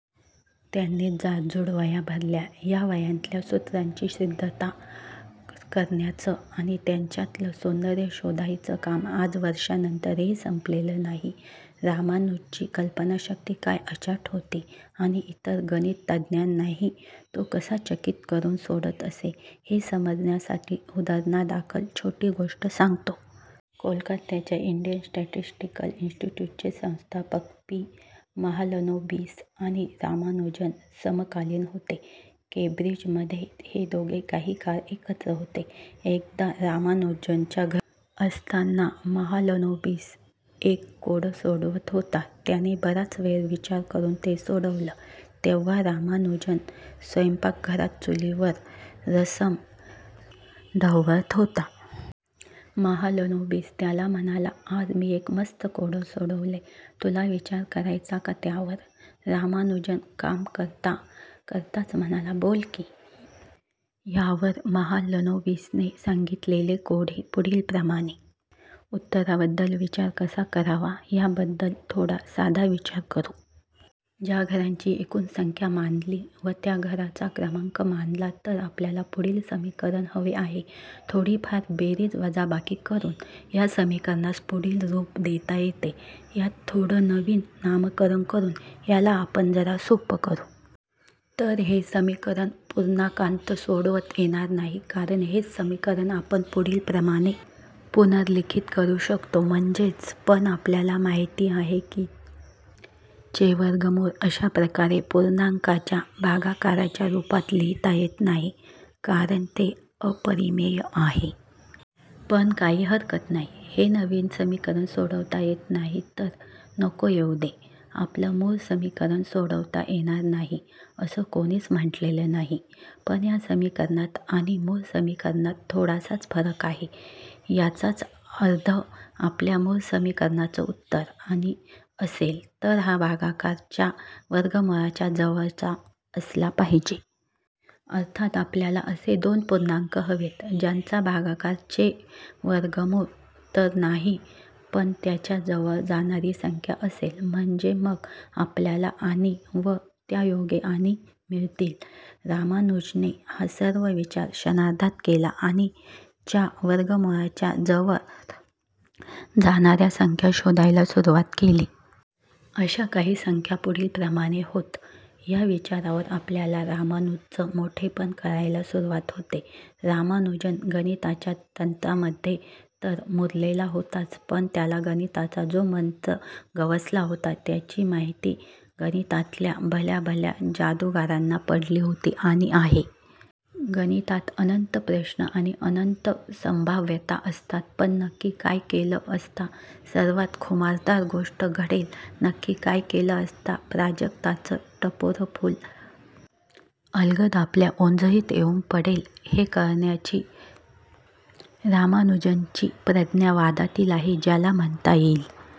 त्यांनीच जाडजूड वह्या भरल्या. ह्या वह्यांतल्या सूत्रांची सिद्धता करण्याचं आणि त्यांच्यातलं सौंदर्य शोधायचं काम आज वर्षांनंतरही संपलेलं नाही! रामानुजनची कल्पनाशक्ती काय अचाट होती, आणि इतर गणितज्ञांनाही तो कसा चकित करून सोडत असे, हे समजण्यासाठी उदाहरणादाखल छोटी गोष्ट सांगतो. कोलकात्याच्या इंडियन स्टॅटिस्टिकल इन्स्टिट्यूटचे संस्थापक पी. महालनोबिस आणि रामानुजन समकालीन होते. केंब्रिजमध्ये हे दोघे काही काळ एकत्र होते. एकदा रामानुजनच्या घरी असताना महालनोबिस एक कोडं सोडवत होता. त्याने बराच वेळ विचार करून ते सोडवले, तेव्हा रामानुजन स्वयंपाकघरात चुलीवर रसम ढवळत होता. महालनोबिस त्याला म्हणाला, "आज मी एक मस्त कोडं सोडवलंय. तुला विचार करायचा का त्यावर? " रामानुजन काम करता करताच म्हणाला, "बोल की! " ह्यावर महालनोबिसने सांगितलेले कोडे पुढीलप्रमाणे -उत्तराबद्दल विचार कसा करावा, ह्याबद्दल थोडा साधा विचार करू. –जर घरांची एकूण संख्या मानली, व त्या घराचा क्रमांक मानला, तर आपल्याला पुढील समीकरण हवे आहे -थोडीफार बेरीज-वजाबाकी करून ह्या समीकरणास पुढील रूप देता येते -ह्यात थोडं नवीन नामकरण करून ह्याला आपण जरा सोपं करू. तर हे समीकरण पूर्णांकांत सोडवता येणार नाही. कारण हेच समीकरण आपण पुढीलप्रमाणे पुनर्लिखित करू शकतो -म्हणजेच, पण आपल्याला माहिती आहे, की चे वर्गमूळ अश्या प्रकारे पूर्णांकांच्या भागाकाराच्या रूपात लिहिता येत नाही, कारण ते अपरिमेय आहे. पण काही हरकत नाही! हे नवीन समीकरण सोडवता येत नाही तर नको येऊ दे! आपलं मूळ समीकरण सोडवता येणार नाही, असं कोणीच म्हटलेलं नाही. पण ह्या समीकरणात आणि मूळ समीकरणात थोडासाच फरक आहे, ह्याचाच अर्थ आपल्या मूळ समीकरणाचं उत्तर आणि असेल, तर हा भागाकार च्या वर्गमूळाच्या जवळचा असला पाहिजे! अर्थात, आपल्याला असे दोन पूर्णांक हवेत, ज्यांचा भागाकार चे वर्गमूळ तर नाही, पण त्याच्या जवळ जाणारी संख्या असेल. म्हणजे मग आपल्याला आणि, व त्यायोगे आणि मिळतील. रामानुजनने हा सर्व विचार क्षणार्धात केला आणि च्या वर्गमूळाच्या जवळ जाणार्या संख्या शोधायला सुरवात केली. अश्या काही संख्या पुढीलप्रमाणे होत -, ह्या विचारावर आपल्याला रामानुजनचं मोठेपण कळायला सुरवात होते. रामानुजन गणिताच्या तंत्रामध्ये तर मुरलेला होताच, पण त्याला गणिताचा जो मंत्र गवसला होता, त्याची मोहिनी गणितातल्या भल्याभल्या जादूगारांना पडली होती आणि आहे. गणितात अनंत प्रश्न आणि अनंत संभाव्यता असतात, पण नक्की काय केलं असता सर्वात खुमासदार गोष्ट घडेल, नक्की काय केलं असता प्राजक्ताचं टपोरं फूल अलगद आपल्या ओंजळीत येऊन पडेल हे कळण्याची रामानुजनची प्रज्ञा वादातीत आहे. ज्याला '' म्हणता येईल,